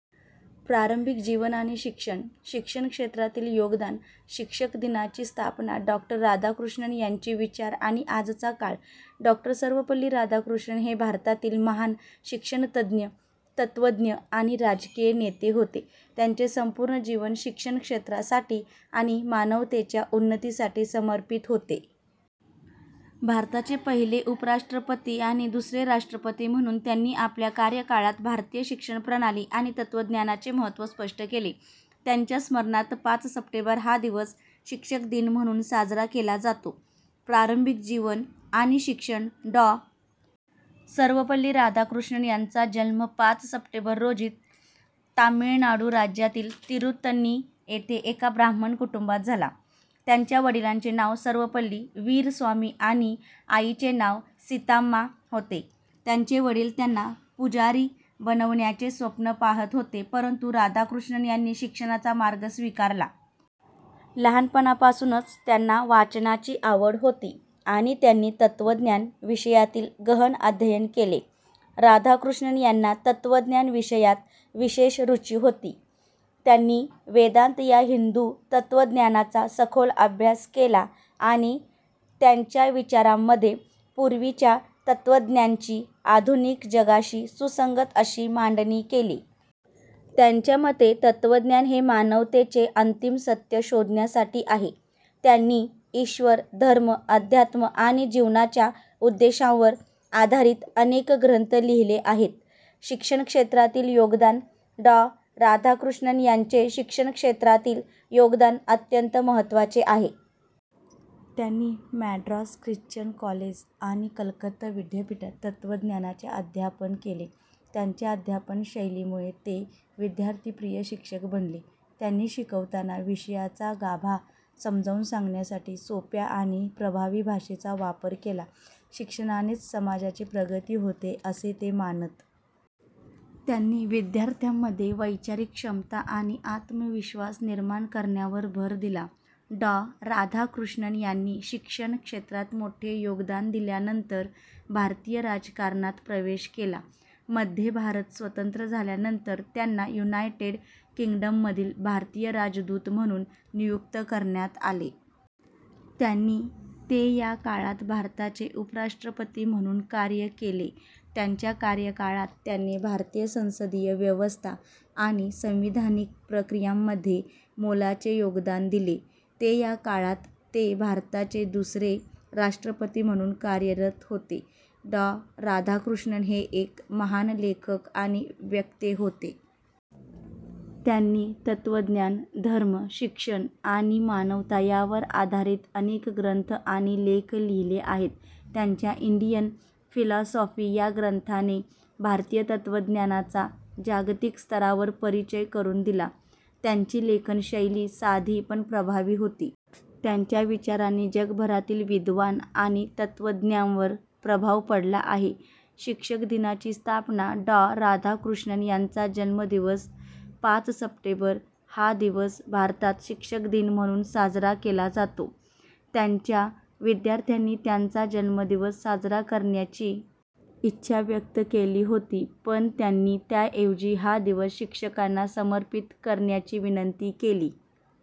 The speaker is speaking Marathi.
प्रारंभिक जीवन आणि शिक्षण, शिक्षण क्षेत्रातील योगदान, शिक्षक दिनाची स्थापना, डॉ. राधाकृष्णन यांचे विचार आणि आजचा काळ, डॉ. सर्वपल्ली राधाकृष्णन हे भारतातील महान शिक्षणतज्ज्ञ, तत्त्वज्ञ आणि राजकीय नेते होते. त्यांचे संपूर्ण जीवन शिक्षण क्षेत्रासाठी आणि मानवतेच्या उन्नतीसाठी समर्पित होते. भारताचे पहिले उपराष्ट्रपती आणि दुसरे राष्ट्रपती म्हणून त्यांनी आपल्या कार्यकाळात भारतीय शिक्षण प्रणाली आणि तत्त्वज्ञानाचे महत्त्व स्पष्ट केले. त्यांच्या स्मरणार्थ पाच सप्टेंबर हा दिवस शिक्षक दिन म्हणून साजरा केला जातो. प्रारंभिक जीवन आणि शिक्षण, डॉ. सर्वपल्ली राधाकृष्णन यांचा जन्म पाच सप्टेंबर रोजी तामिळनाडू राज्यातील तिरुत्तनी येथे एका ब्राह्मण कुटुंबात झाला. त्यांच्या वडिलांचे नाव सर्वपल्ली वीरस्वामी आणि आईचे नाव सीताम्मा होते. त्यांचे वडील त्यांना पुजारी बनवण्याचे स्वप्न पाहत होते, परंतु राधाकृष्णन यांनी शिक्षणाचा मार्ग स्वीकारला. लहानपणापासूनच त्यांना वाचनाची आवड होती आणि त्यांनी तत्त्वज्ञान विषयातील गहन अध्ययन केले. राधाकृष्णन यांना तत्त्वज्ञान विषयात विशेष रुची होती. त्यांनी वेदांत या हिंदू तत्त्वज्ञानाचा सखोल अभ्यास केला आणि त्यांच्या विचारांमध्ये पूर्वीच्या तत्त्वज्ञांची आधुनिक जगाशी सुसंगत अशी मांडणी केली. त्यांच्या मते, तत्त्वज्ञान हे मानवतेचे अंतिम सत्य शोधण्यासाठी आहे. त्यांनी ईश्वर, धर्म, अध्यात्म आणि जीवनाच्या उद्देशांवर आधारित अनेक ग्रंथ लिहिले आहेत. शिक्षण क्षेत्रातील योगदान, डॉ. राधाकृष्णन यांचे शिक्षण क्षेत्रातील योगदान अत्यंत महत्त्वाचे आहे. त्यांनी मॅड्रास ख्रिश्चन कॉलेज आणि कलकत्ता विद्यापीठात तत्त्वज्ञानाचे अध्यापन केले. त्यांच्या अध्यापन शैलीमुळे ते विद्यार्थीप्रिय शिक्षक बनले. त्यांनी शिकवताना विषयाचा गाभा समजावून सांगण्यासाठी सोप्या आणि प्रभावी भाषेचा वापर केला. शिक्षणानेच समाजाची प्रगती होते, असे ते मानत. त्यांनी विद्यार्थ्यांमध्ये वैचारिक क्षमता आणि आत्मविश्वास निर्माण करण्यावर भर दिला. डॉ. राधाकृष्णन यांनी शिक्षण क्षेत्रात मोठे योगदान दिल्यानंतर भारतीय राजकारणात प्रवेश केला. मध्ये भारत स्वतंत्र झाल्यानंतर त्यांना युनायटेड किंगडममधील भारतीय राजदूत म्हणून नियुक्त करण्यात आले. त्यांनी ते या काळात भारताचे उपराष्ट्रपती म्हणून कार्य केले. त्यांच्या कार्यकाळात त्यांनी भारतीय संसदीय व्यवस्था आणि संविधानिक प्रक्रियांमध्ये मोलाचे योगदान दिले. ते या काळात ते भारताचे दुसरे राष्ट्रपती म्हणून कार्यरत होते. डॉ. राधाकृष्णन हे एक महान लेखक आणि वक्ते होते. त्यांनी तत्त्वज्ञान, धर्म, शिक्षण आणि मानवता यांवर आधारित अनेक ग्रंथ आणि लेख लिहिले आहेत. त्यांच्या इंडियन फिलॉसॉफी या ग्रंथाने भारतीय तत्त्वज्ञानाचा जागतिक स्तरावर परिचय करून दिला. त्यांची लेखन शैली साधी, पण प्रभावी होती. त्यांच्या विचारांनी जगभरातील विद्वान आणि तत्त्वज्ञांवर प्रभाव पाडला आहे. शिक्षक दिनाची स्थापना, डॉ. राधाकृष्णन यांचा जन्मदिवस पाच सप्टेंबर हा दिवस भारतात शिक्षक दिन म्हणून साजरा केला जातो. त्यांच्या विद्यार्थ्यांनी त्यांचा जन्मदिवस साजरा करण्याची इच्छा व्यक्त केली होती, पण त्यांनी त्याऐवजी हा दिवस शिक्षकांना समर्पित करण्याची विनंती केली